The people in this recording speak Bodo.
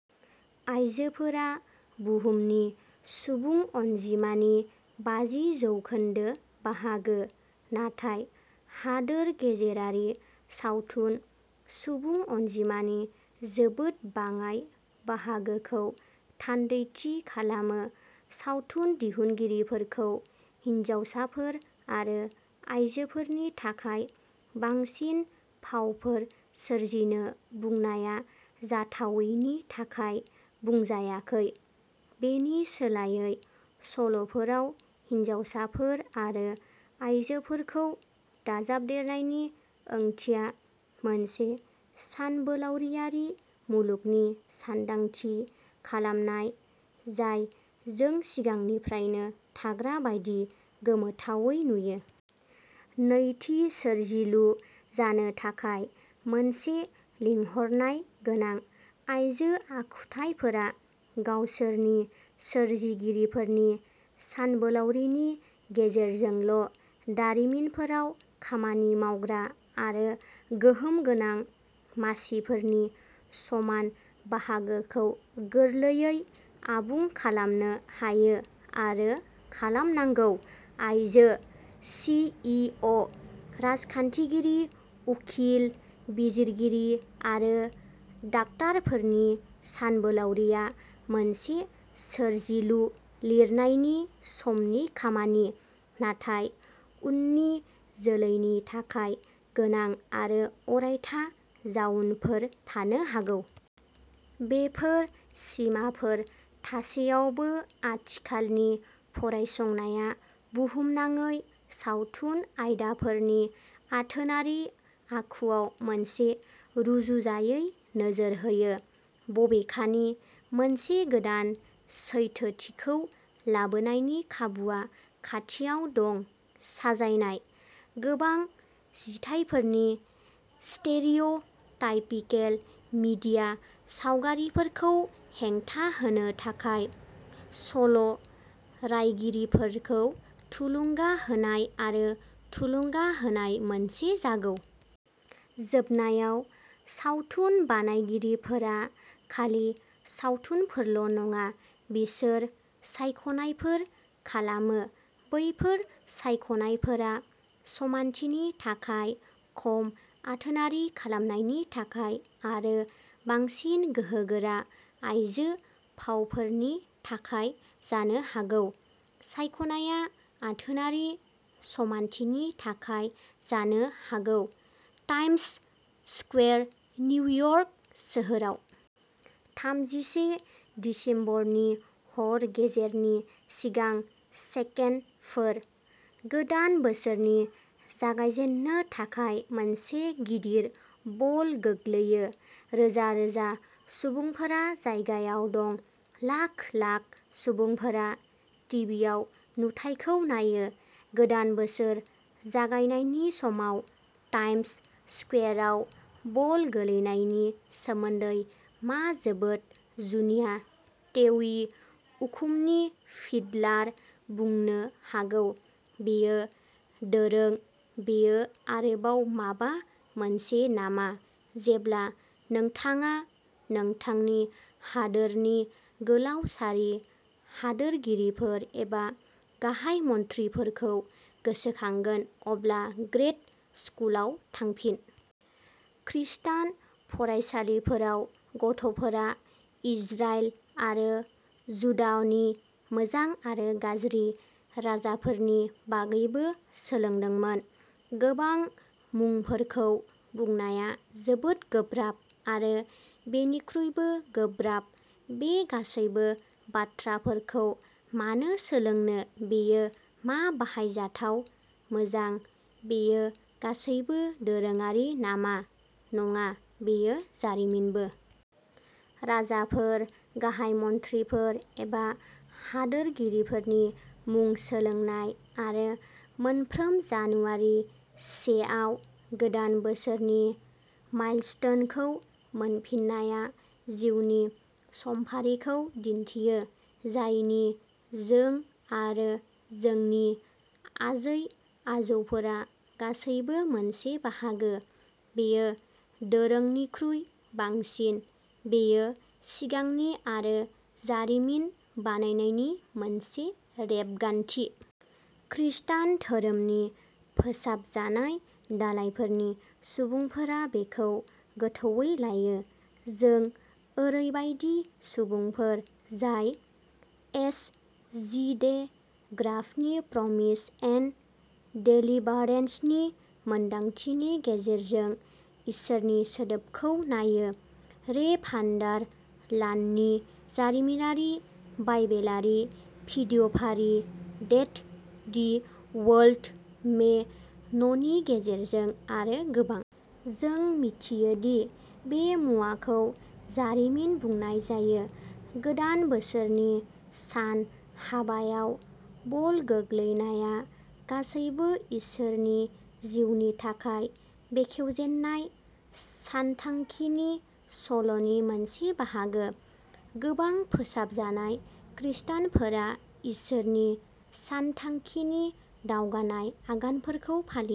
आयजोफोरा बुहुमनि सुबुं अनजिमानि बाजि जौखोन्दो बाहागो, नाथाय हादोर गेजेरारि सावथुन सुबुं अनजिमानि जोबोद बाङाइ बाहागोखौ थान्दैथि खालामो। सावथुन दिहुनगिरिफोरखौ हिनजावसाफोर आरो आइजोफोरनि थाखाय बांसिन फावफोर सोरजिनो बुंनाया जाथावैनि थाखाय बुंजायाखै। बेनि सोलायै, सल'फोराव हिनजावसाफोर आरो आइजोफोरखौ दाजाबदेरनायनि ओंथिया मोनसे सानबोलावरियारि मुलुगनि सानदांथि खालामनाय, जाय जों सिगांनिफ्रायनो थाग्रा बायदि गोमोथावै नुयो। नैथि, सोरजिलु जानो थाखाय मोनसे लिंहरनाय गोनां। आइजो आखुथाइफोरा गावसोरनि सोरजिगिरिफोरनि सानबोलावरिनि गेजेरजोंल' दारिमिनफोराव खामानि मावग्रा आरो गोहोम गोनां मासिफोरनि समान बाहागोखौ गोरलैयै आबुं खालामनो हायो आरो खालामनांगौ। आइजो सि इ अ राजखान्थिगिरि, उखिल, बिजिरगिरि आरो डाक्टारफोरनि सानबोलावरिआ मोनसे सोरजिलु-लिरनायनि समनि खामानि, नाथाय उननि जोलैनि थाखाय गोनां आरो अरायथा जाउनफोर थानो हागौ। बेफोर सिमाफोर थासेयावबो, आथिखालनि फरायसंनाया बुहुमनाङै सावथुन आयदाफोरनि आथोनारि आखुआव मोनसे रुजुजायै नोजोर होयो। बबेखानि, मोनसे गोदान सैथोथिखौ लाबोनायनि खाबुआ खाथियाव दं। साजायनाय। गोबां जिथाइफोरनि स्टेरिअ'टाइपिकेल मिडिया सावगारिफोरखौ हेंथा होनो थाखाय सल'रायगिरिफोरखौ थुलुंगा होनाय आरो थुलुंगा होनाय मोनसे जागौ। जोबनायाव, सावथुन बानायगिरिफोरा खालि सावथुनफोरल' नङा, बिसोर सायख'नायफोर खालामो। बैफोर सायख'नायफोरा समानथिनि थाखाय, खम आथोनारि खालामनायनि थाखाय, आरो बांसिन गोहोगोरा आइजो फावफोरनि थाखाय जानो हागौ। सायख'नायआ आथोनारि समानथिनि थाखाय जानो हागौ। टाइम्स स्कुवेर निउयर्क सोहोराव। थामजिसे दिसेम्बरनि हर गेजेरनि सिगां सेकेन्डफोर। गोदान बोसोरनि जागायजेन्नो थाखाय मोनसे गिदिर बल गोग्लैयो। रोजा-रोजा सुबुंफोरा जायगायाव दं। लाख-लाख सुबुंफोरा टिभिआव नुथायखौ नायो। गोदान बोसोर जागायनायनि समाव टाइम्स स्कुवेराव बल गोग्लैनायनि सोमोन्दै मा जोबोद जुनिया टेवि, उखुमनि फिडलार बुंनो हागौ, बेयो दोरों बेयो आरोबाव माबा मोनसे नामा जेब्ला नोंथाङा नोंथांनि हादोरनि गोलाव सारि हादोरगिरिफोर एबा गाहाय मन्थ्रिफोरखौ गोसोखांगोन, अब्ला ग्रेड स्कुलाव थांफिन। खृस्टान फरायसालिफोराव गथ'फोरा इजराइल आरो जुडाहनि मोजां आरो गाज्रि राजाफोरनि बागैबो सोलोंदोंमोन। गोबां मुंफोरखौ बुंनाया जोबोद गोब्राब। आरो बेनिख्रुइबो गोब्राब बे गासैबो बाथ्राफोरखौ मानो सोलोंनो बेयो मा बाहायजाथाव मोजां बेयो गासैबो दोरोङारि नामा नङा, बेयो जारिमिनबो। राजाफोर, गाहाय मन्थ्रिफोर, एबा हादोरगिरिफोरनि मुं सोलोंनाय आरो मोनफ्रोम जानुवारि से आव गोदान बोसोरनि माइलस्टोनखौ मोनफिननाया जिउनि समफारिखौ दिन्थियो, जायनि जों-आरो जोंनि आजै-आजौफोरा गासैबो मोनसे बाहागो। बेयो दोरोंनिख्रुइ बांसिन। बेयो सिगांनि आरो जारिमिन बानायनायनि मोनसे रेबगान्थि। खृष्टान धोरोमनि फोसाबजानाय दालायफोरनि सुबुंफोरा बेखौ गोथौवै लायो। जों ओरैबायदि सुबुंफोर जाय एस जि डे ग्राफनि प्रमिस एन्ड डेलिभारेन्सनि मोनदांथिनि गेजेरजों इसोरनि सोदोबखौ नायो, रे भान्डार लाननि जारिमिनारि-बाइबेलारि भिडिय' फारि देट दि वर्ल्ड मे न'नि गेजेरजों, आरो गोबां। जों मिथियो दि बे मुवाखौ जारिमिन बुंनाय जायो। गोदान बोसोरनि सान हाबायाव बल गोग्लैनाया गासैबो इसोरनि जिउनि थाखाय बेखेवजेननाय सानथांखिनि सल'नि मोनसे बाहागो। गोबां फोसाबजानाय खृष्टानफोरा इसोरनि सानथांखिनि दावगानाय आगानफोरखौ फालियो।